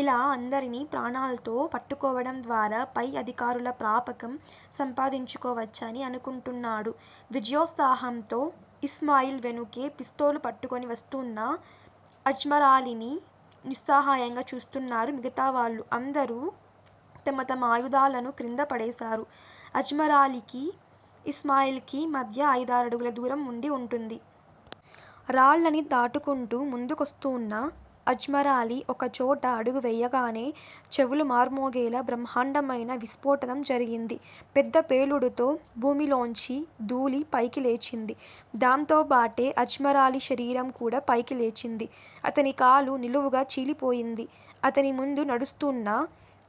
ఇలా అందర్నీ ప్రాణాల్తో పట్టుకోవడం ద్వారా పై అధికారుల ప్రాపకం సంపాదించుకోవచ్చని అనుకుంటున్నాడు. విజయోత్సాహంతో ఇస్మాయిల్ వెనుకే పిస్తోలు పట్టుకుని వస్తూన్న అజ్మరాలీని నిస్సహాయంగా చూస్తున్నారు మిగతావాళ్ళు. అందరూ తమ తమ ఆయుధాలను క్రింద పడేసారు. అజ్మరాలీకీ, ఇస్మాయిల్ కీ మధ్య అయిదారడుగుల దూరం వుండి వుంటుంది. రాళ్ళని దాటుకుంటూ ముందుకొస్తూన్న అజ్మరాలీ, ఒక చోట అడుగు వేయగానే, చెవులు మార్మోగేలా బ్రహ్మాండమైన విస్ఫోటనం జరిగింది. పెద్ద పేలుడుతో భూమిలోంచి థూళి పైకిలేచింది. దాంతోపాటే అజ్మరాలీ శరీరం కూడా పైకి లేచింది. అతని కాలు నిలువుగా చీలిపోయింది. అతని ముందు నడుస్తూన్న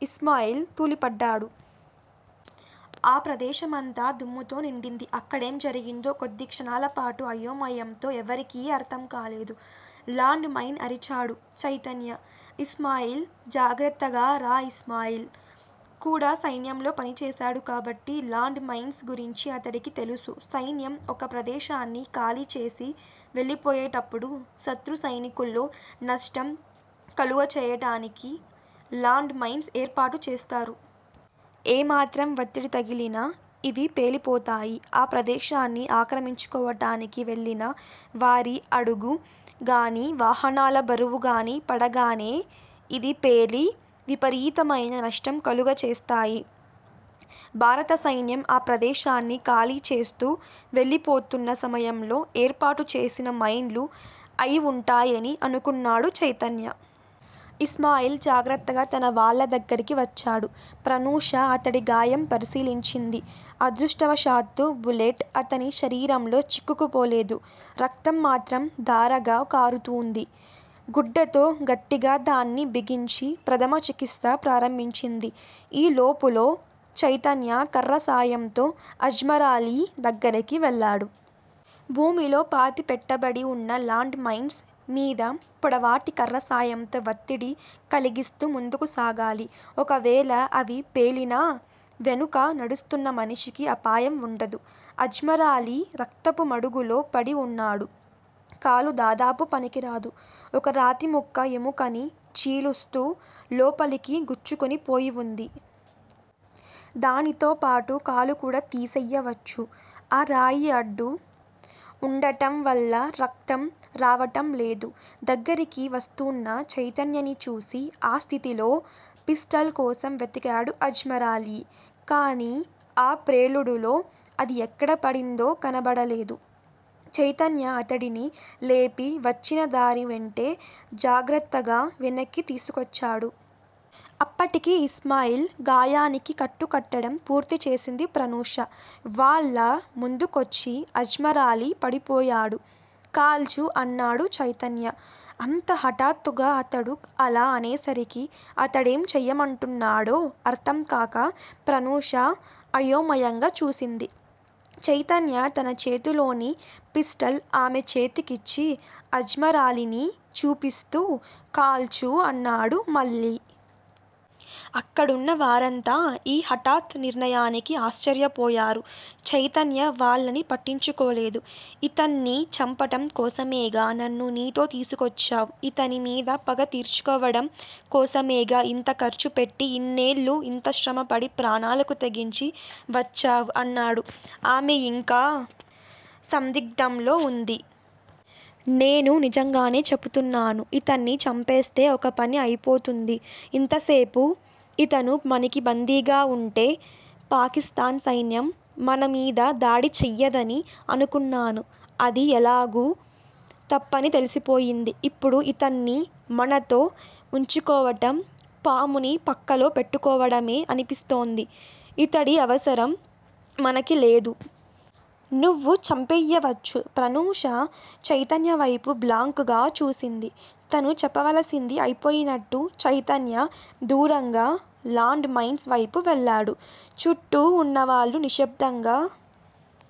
ఇస్మాయిల్ తూలిపడ్డాడు. ఆ ప్రదేశమంతా దుమ్ముతో నిండింది. అక్కడేం జరిగిందో, కొద్దిక్షణాల పాటు అయోమయంతో ఎవరికీ అర్ధంకాలేదు. లాండ్ మైన్ అరిచాడు చైతన్య. ఇస్మాయిల్- జాగ్రత్తగా రా ఇస్మాయిల్ కూడా సైన్యంలో పనిచేశాడు కాబట్టి 'లాండ్ మైన్స్' గురించి అతడికి తెలుసు. సైన్యం ఒక ప్రదేశాన్ని ఖాళీ చేసి వెళ్ళిపోయేటప్పుడు శత్రు సైనికుల్లో నష్టం కలుగచేయటానికి లాండ్ మైన్స్ ఏర్పాటు చేస్తారు. ఏ మాత్రం వత్తిడి తగిలినా ఇవి పేలిపోతాయి. ఆ ప్రదేశాన్ని ఆక్రమించుకోవటానికి వెళ్ళిన వారి అడుగు గానీ, వాహనాల బరువుగానీ పడగానే, ఇది పేలి, విపరీతమైన నష్టం కలుగచేస్తాయి. భారత సైన్యం ఆ ప్రదేశాన్ని ఖాళీచేస్తూ వెళ్ళిపోతున్న సమయంలో ఏర్పాటు చేసిన మైన్లు అయి వుంటాయని అనుకున్నాడు చైతన్య. ఇస్మాయిల్ జాగ్రత్తగా తన వాళ్ళ దగ్గరికి వచ్చాడు. ప్రనూష అతడి గాయం పరిశీలించింది. అదృష్టవశాత్తు బుల్లెట్ అతని శరీరంలో చిక్కుకుపోలేదు. రక్తం మాత్రం ధారగా కారుతూంది. గుడ్డతో గట్టిగా దాన్ని బిగించి, ప్రధమ చికిత్స ప్రారంభించింది. ఈ లోపులో చైతన్య కర్ర సాయంతో అజ్మరాలీ దగ్గరికి వెళ్ళాడు. భూమిలో పాతి పెట్టబడి వున్న లాండ్ మైన్స్ మీద పొడవాటి కర్ర సాయంతో వత్తిడి కలిగిస్తూ ముందుకు సాగాలి. ఒకవేళ అవి పేలినా, వెనుక నడుస్తున్న మనిషికి అపాయం వుండదు. అజ్మరాలీ రక్తపు మడుగులో పడి వున్నాడు. కాలు దాదాపు పనికిరాదు. ఒక రాతిముక్క ఎముకని చీలుస్తూ లోపలికి గుచ్చుకుని పోయి వుంది. దానితో పాటు కాలు కూడా తీసెయ్యవచ్చు. ఆ రాయి అడ్డు వుండటంవల్ల రక్తం రావటం లేదు. దగ్గరికి వస్తూన్న చైతన్యని చూసి ఆ స్థితిలో పిస్టల్ కోసం వెతికాడు అజ్మరాలీ. కానీ ఆ ప్రేలుడులో అది ఎక్కడ పడిందో కనపడలేదు. చైతన్య అతడిని లేపి, వచ్చిన దారి వెంటే జాగ్రత్తగా వెనక్కి తీసుకొచ్చాడు. అప్పటికి ఇస్మాయిల్ గాయానికి కట్టు కట్టడం పూర్తిచేసింది ప్రనూష. వాళ్ళ ముందుకొచ్చి అజ్మరాలీ పడిపోయాడు. కాల్చు అన్నాడు చైతన్య. అంత హఠాత్తుగా అతడు అలా అనేసరికి, అతడేం చెయ్యమంటున్నాడో అర్ధంకాక ప్రనూష అయోమయంగా చూసింది. చైతన్య తన చేతిలోని పిస్టల్ ఆమె చేతికిచ్చి అజ్మరాలీని చూపిస్తూ కాల్చు అన్నాడు మళ్ళీ. అక్కడున్న వారంతా ఈ హఠాత్ నిర్ణయానికి ఆశ్చర్యపోయారు. చైతన్య వాళ్ళని పట్టించుకోలేదు. ఇతన్ని చంపటం కోసమేగా నన్ను నీతో తీసుకొచ్చావ్. ఇతని మీద పగ తీర్చుకోవడం కోసమేగా ఇంత ఖర్చు పెట్టి ఇన్నేళ్ళు ఇంత శ్రమపడి ప్రాణాలకు తెగించి వచ్చావ్ అన్నాడు. ఆమె ఇంకా సందిగ్ధంలో వుంది. నేను నిజంగానే చెపుతున్నాను. ఇతన్ని చంపేస్తే ఒక పని అయిపోతుంది. ఇంతసేపూ ఇతను మనకి బందీగా వుంటే పాకిస్తాన్ సైన్యం మనమీద దాడి చెయ్యదని అనుకున్నాను. అది ఎలాగూ తప్పని తెలిసిపోయింది. ఇప్పుడు యితన్ని మనతో వుంచుకోవటం పాముని పక్కలో పెట్టుకోవడమే అనిపిస్తోంది. ఇతడి అవసరం మనకి లేదు. నువ్వు చంపెయ్యవచ్చు. ప్రనూష చైతన్య వైపు బ్లాంక్ గా చూసింది. తను చెప్పవలసింది అయిపోయినట్టు చైతన్య దూరంగా, లాండ్ మైన్స్ వైపు వెళ్ళాడు. చుట్టూ వున్నవాళ్ళు నిశ్శబ్దంగా